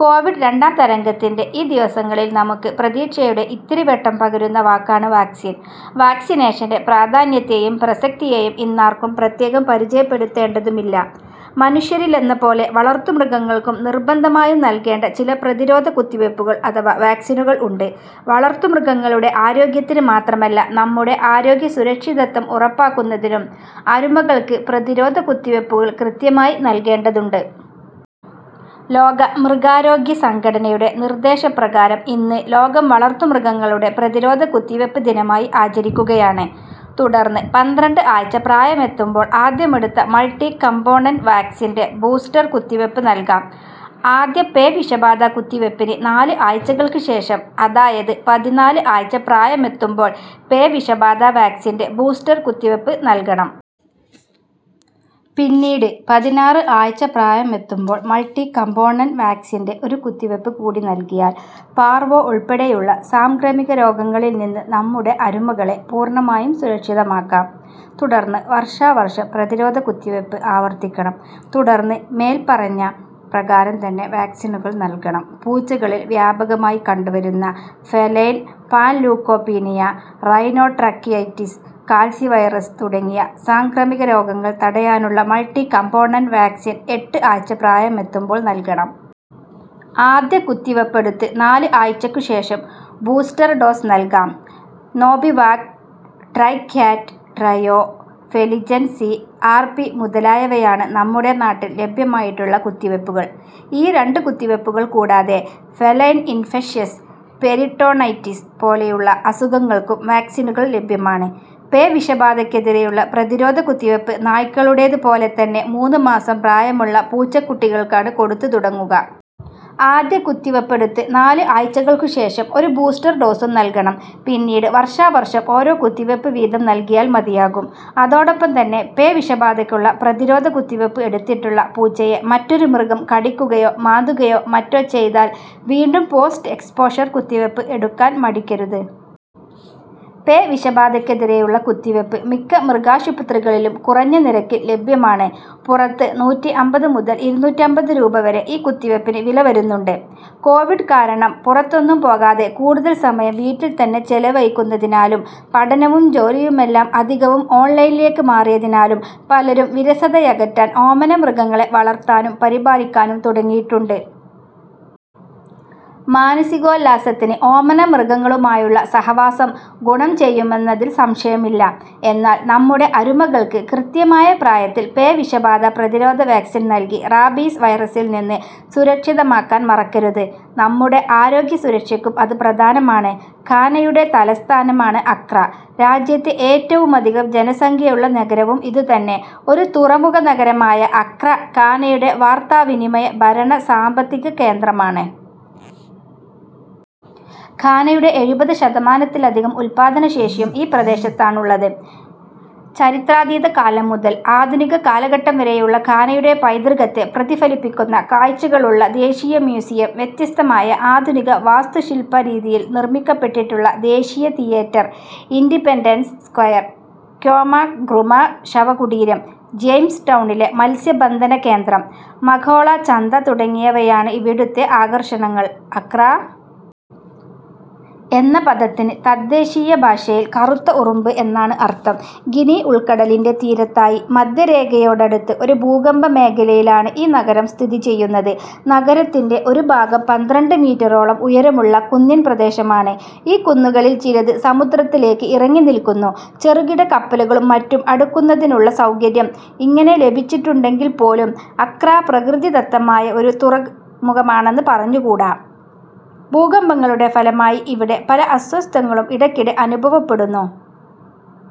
Covid രണ്ടാം തരംഗത്തിൻ്റെ ഈ ദിവസങ്ങളിൽ നമുക്ക് പ്രതീക്ഷയുടെ ഇത്തിരിവെട്ടം പകരുന്ന വാക്കാണ് വാക്സിൻ. വാക്സിനേഷൻ്റെ പ്രാധാന്യത്തെയും പ്രസക്തിയെയും ഇന്നാർക്കും പ്രത്യേകം പരിചയപ്പെടുത്തേണ്ടതുമില്ല. മനുഷ്യരിലെന്നപോലെ വളർത്തുമൃഗങ്ങൾക്കും നിർബന്ധമായും നൽകേണ്ട ചില പ്രതിരോധ കുത്തിവയ്പുകൾ അഥവാ വാക്സിനുകൾ ഉണ്ട്. വളർത്തുമൃഗങ്ങളുടെ ആരോഗ്യത്തിന് മാത്രമല്ല നമ്മുടെ ആരോഗ്യസുരക്ഷിതത്വം ഉറപ്പാക്കുന്നതിനും അരുമകൾക്ക് പ്രതിരോധ കുത്തിവയ്പുകൾ കൃത്യമായി നൽകേണ്ടതുണ്ട്. ലോക മൃഗാരോഗ്യ സംഘടനയുടെ നിർദേശപ്രകാരം ഇന്ന് ലോകം വളർത്തുമൃഗങ്ങളുടെ പ്രതിരോധ കുത്തിവയ്പ് ദിനമായി ആചരിക്കുകയാണ്. തുടർന്ന് പന്ത്രണ്ട് ആഴ്ച പ്രായമെത്തുമ്പോൾ ആദ്യമെടുത്ത മൾട്ടി കംപോണന്റ് വാക്സിൻ്റെ ബൂസ്റ്റർ കുത്തിവയ്പ് നൽകാം. ആദ്യ പേവിഷബാധ കുത്തിവയ്പിന് നാല് ആഴ്ചകൾക്ക് ശേഷം, അതായത് പതിനാല് ആഴ്ച പ്രായമെത്തുമ്പോൾ പേവിഷബാധ വാക്സിൻ്റെ ബൂസ്റ്റർ കുത്തിവയ്പ് നൽകണം. പിന്നീട് പതിനാറ് ആഴ്ച പ്രായമെത്തുമ്പോൾ മൾട്ടി കംപോണന്റ് വാക്സിൻ്റെ ഒരു കുത്തിവയ്പ് കൂടി നൽകിയാൽ പാർവോ ഉൾപ്പെടെയുള്ള സാംക്രമിക രോഗങ്ങളിൽനിന്ന് നമ്മുടെ അരുമകളെ പൂർണമായും സുരക്ഷിതമാക്കാം. തുടർന്ന് വർഷാവർഷം പ്രതിരോധ കുത്തിവയ്പ് ആവർത്തിക്കണം. തുടർന്ന് മേൽപ്പറഞ്ഞ പ്രകാരം തന്നെ വാക്സിനുകൾ നൽകണം. പൂച്ചകളിൽ വ്യാപകമായി കണ്ടുവരുന്ന feline panleukopenia, rhinotracheitis, calicivirus തുടങ്ങിയ സാംക്രമിക രോഗങ്ങൾ തടയാനുള്ള മൾട്ടി കംപോണന്റ് വാക്സിൻ എട്ട് ആഴ്ച പ്രായമെത്തുമ്പോൾ നൽകണം. ആദ്യ കുത്തിവയ്പെടുത്ത് നാല് ആഴ്ചയ്ക്കു ശേഷം ബൂസ്റ്റർ ഡോസ് നൽകാം. Nobivac, Tricat, Trio, Feligen C R P മുതലായവയാണ് നമ്മുടെ നാട്ടിൽ ലഭ്യമായിട്ടുള്ള കുത്തിവയ്പുകൾ. ഈ രണ്ട് കുത്തിവയ്പുകൾ കൂടാതെ ഫെലൈൻ ഇൻഫെക്ഷ്യസ് പെരിട്ടോണൈറ്റിസ് പോലെയുള്ള അസുഖങ്ങൾക്കും വാക്സിനുകൾ ലഭ്യമാണ്. പേവിഷബാധയ്‌ക്കെതിരെയുള്ള പ്രതിരോധ കുത്തിവയ്പ് നായ്ക്കളുടേത് പോലെ തന്നെ മൂന്ന് മാസം പ്രായമുള്ള പൂച്ചക്കുട്ടികൾക്കാണ് കൊടുത്തുതുടങ്ങുക. ആദ്യ കുത്തിവയ്പെടുത്ത് നാല് ആഴ്ചകൾക്കു ശേഷം ഒരു ബൂസ്റ്റർ ഡോസും നൽകണം. പിന്നീട് വർഷാവർഷം ഓരോ കുത്തിവയ്പ് വീതം നൽകിയാൽ മതിയാകും. അതോടൊപ്പം തന്നെ പേവിഷബാധയ്ക്കുള്ള പ്രതിരോധ കുത്തിവയ്പ് എടുത്തിട്ടുള്ള പൂച്ചയെ മറ്റൊരു മൃഗം കടിക്കുകയോ മാന്തുകയോ മറ്റോ ചെയ്താൽ വീണ്ടും പോസ്റ്റ് എക്സ്പോഷർ കുത്തിവയ്പ് എടുക്കാൻ മടിക്കരുത്. പേവിഷബാധയ്‌ക്കെതിരെയുള്ള കുത്തിവയ്പ് മിക്ക മൃഗാശുപത്രികളിലും കുറഞ്ഞ നിരക്കിൽ ലഭ്യമാണ്. പുറത്ത് നൂറ്റിയമ്പത് മുതൽ ഇരുന്നൂറ്റമ്പത് രൂപ വരെ ഈ കുത്തിവയ്പിന് വില വരുന്നുണ്ട്. കോവിഡ് കാരണം പുറത്തൊന്നും പോകാതെ കൂടുതൽ സമയം വീട്ടിൽ തന്നെ ചെലവഴിക്കുന്നതിനാലും പഠനവും ജോലിയുമെല്ലാം അധികവും ഓൺലൈനിലേക്ക് മാറിയതിനാലും പലരും വിരസതയകറ്റാൻ ഓമനമൃഗങ്ങളെ വളർത്താനും പരിപാലിക്കാനും തുടങ്ങിയിട്ടുണ്ട്. മാനസികോല്ലാസത്തിന് ഓമനമൃഗങ്ങളുമായുള്ള സഹവാസം ഗുണം ചെയ്യുമെന്നതിൽ സംശയമില്ല. എന്നാൽ നമ്മുടെ അരുമകൾക്ക് കൃത്യമായ പ്രായത്തിൽ പേവിഷബാധ പ്രതിരോധ വാക്സിൻ നൽകി റാബീസ് വൈറസിൽനിന്ന് സുരക്ഷിതമാക്കാൻ മറക്കരുത്. നമ്മുടെ ആരോഗ്യസുരക്ഷയ്ക്കും അത് പ്രധാനമാണ്. ഘാനയുടെ തലസ്ഥാനമാണ് അക്ര. രാജ്യത്തെ ഏറ്റവുമധികം ജനസംഖ്യയുള്ള നഗരവും ഇതുതന്നെ. ഒരു തുറമുഖനഗരമായ അക്ര ഘാനയുടെ വാർത്താവിനിമയ, ഭരണ, സാമ്പത്തിക കേന്ദ്രമാണ്. ഘാനയുടെ എഴുപത് ശതമാനത്തിലധികം ഉത്പാദന ശേഷിയും ഈ പ്രദേശത്താണുള്ളത്. ചരിത്രാതീതകാലം മുതൽ ആധുനിക കാലഘട്ടം വരെയുള്ള ഘാനയുടെ പൈതൃകത്തെ പ്രതിഫലിപ്പിക്കുന്ന കാഴ്ചകളുള്ള ദേശീയ മ്യൂസിയം, വ്യത്യസ്തമായ ആധുനിക വാസ്തുശിൽപരീതിയിൽ നിർമ്മിക്കപ്പെട്ടിട്ടുള്ള ദേശീയ theatre, Independence Square, Kwame Nkrumah ശവകുടീരം, ജെയിംസ്ടൗണിലെ മത്സ്യബന്ധന കേന്ദ്രം, മകോള ചന്ത തുടങ്ങിയവയാണ് ഇവിടുത്തെ ആകർഷണങ്ങൾ. അക്രാ എന്ന പദത്തിന് തദ്ദേശീയഭാഷയിൽ കറുത്ത ഉറുമ്പ് എന്നാണ് അർഥം. ഗിനി ഉൾക്കടലിൻ്റെ തീരത്തായി മധ്യരേഖയോടടുത്ത് ഒരു ഭൂകമ്പമേഖലയിലാണ് ഈ നഗരം സ്ഥിതിചെയ്യുന്നത്. നഗരത്തിൻ്റെ ഒരു ഭാഗം പന്ത്രണ്ട് മീറ്ററോളം ഉയരമുള്ള കുന്നിൻ പ്രദേശമാണ്. ഈ കുന്നുകളിൽ ചിലത് സമുദ്രത്തിലേക്ക് ഇറങ്ങിനിൽക്കുന്നു. ചെറുകിട കപ്പലുകളും മറ്റും അടുക്കുന്നതിനുള്ള സൗകര്യം ഇങ്ങനെ ലഭിച്ചിട്ടുണ്ടെങ്കിൽപ്പോലും അക്രാ പ്രകൃതിദത്തമായ ഒരു തുറമുഖമാണെന്ന് പറഞ്ഞുകൂടാ. ഭൂകമ്പങ്ങളുടെ ഫലമായി ഇവിടെ പല അസ്വാസ്ഥ്യങ്ങളും ഇടയ്ക്കിടെ അനുഭവപ്പെടുന്നു.